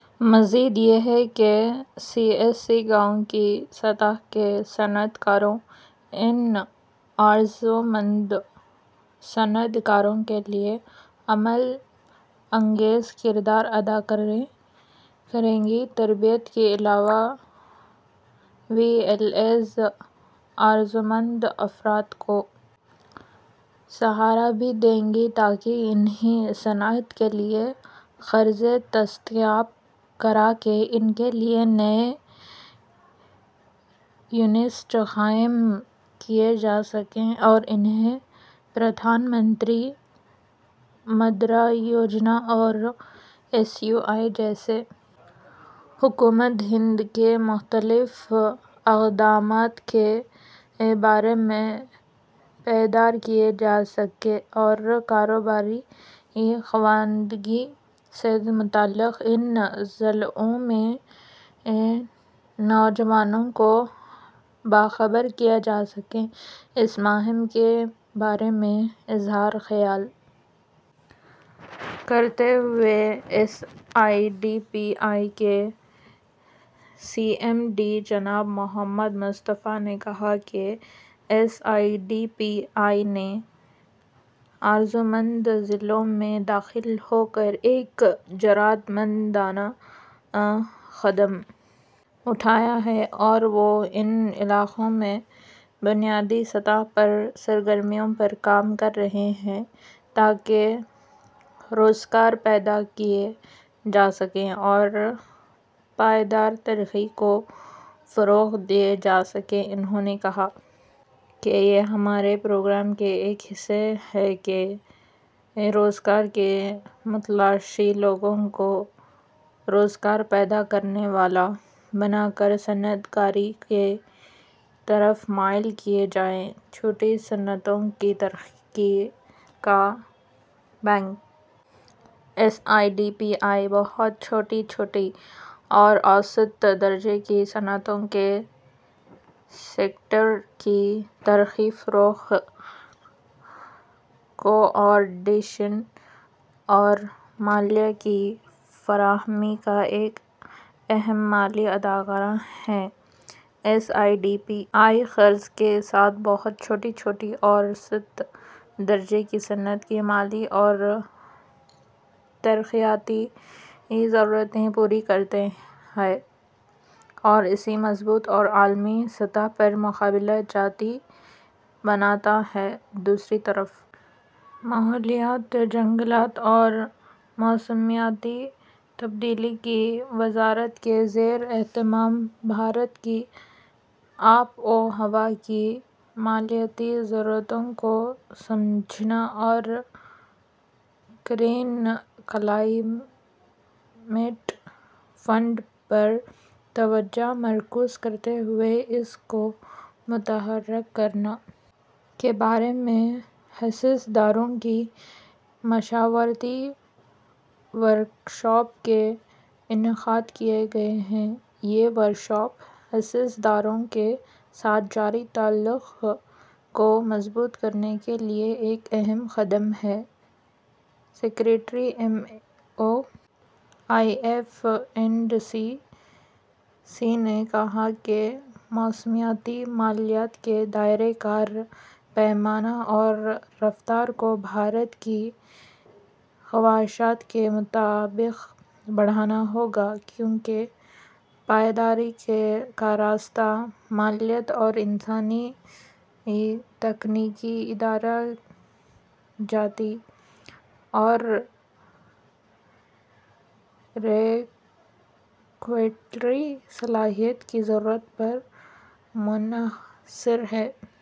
مزید یہ کہ سی ایس سی گاؤں کی سطح کے صنعت کاروں ان آرزومند صنعت کاروں کے لیے عمل انگیز کردار ادا کرے گی تربیت کے علاوہ وی ایل ایز آرزومند افراد کو سہارا بھی دیں گی تاکہ انہیں صنعت کے لیے قرضے دستیاب کرا کے ان کے لیے نئے یونٹس قائم کیے جا سکیں اور انہیں پردھان منتری مدرا یوجنا اور ایس یو آئی جیسے حکومت ہند کے مختلف اقدامات کے بارے میں بیدار کیا جا سکے اور کاروباری خواندگی سے متعلق ان ضلعوں میں نوجوانوں کو باخبر کیا جا سکے اس مہم کے بارے میں اظہار خیال کرتے ہوئے S I D B I کے سی ایم ڈی جناب محمد مصطفیٰ نے کہا کہ S I D B I نے آرزومند ضلعوں میں داخل ہو کر ایک جرات مندانہ قدم اٹھایا ہے اور وہ ان علاقوں میں بنیادی سطح پر سرگرمیوں پر کام کر رہا ہے تاکہ روزگار پیدا کیے جا سکیں اور پائیدار ترقی کو فروغ دیا جا سکے انہوں نے کہا کہ یہ ہمارے پروگرام کا ایک حصہ ہے کہ روزگار کے متلاشی لوگوں کو روزگار پیدا کرنے والا بنا کر صنعت کاری کی طرف مائل کیا جائے چھوٹی صنعتوں کی ترقی کا bank S I D B I بہت چھوٹی چھوٹی اور اوسط درجے کی صنعتوں کے سیکٹر کی ترقی فروغ کوآرڈینیشن اور مالیے کی فراہمی کا ایک اہم مالی ادارہ ہے S I D B I قرض کے ساتھ بہت چھوٹی چھوٹی اور اوسط درجے کی صنعت کی مالی اور ترقیاتی ضرورتیں پوری کرتا ہے اور اسے مضبوط اور عالمی سطح پر مقابلہ جاتی بناتا ہے دوسری طرف ماحولیات جنگلات اور موسمیاتی تبدیلی کی وزارت کے زیر اہتمام بھارت کی آب و ہوا کی مالیاتی ضرورتوں کو سمجھنا اور گرین کلائمیٹ فنڈ پر توجہ مرکوز کرتے ہوئے اس کو متحرک کرنا کے بارے میں حصص داروں کی مشاورتی ورکشاپ کا انعقاد کیا گیا ہے یہ ورکشاپ حصص داروں کے ساتھ جاری تعلق کو مضبوط کرنے کے لیے ایک اہم قدم ہے secretary M O E F and C C نے کہا کہ موسمیاتی مالیات کے دائرہ کار پیمانہ اور رفتار کو بھارت کی خواہشات کے مطابق بڑھانا ہوگا کیونکہ پائیداری کا راستہ مالیات اور انسانی تکنیکی ادارہ جاتی اور ریگولیٹری صلاحیت کی ضرورت پر منحصر ہے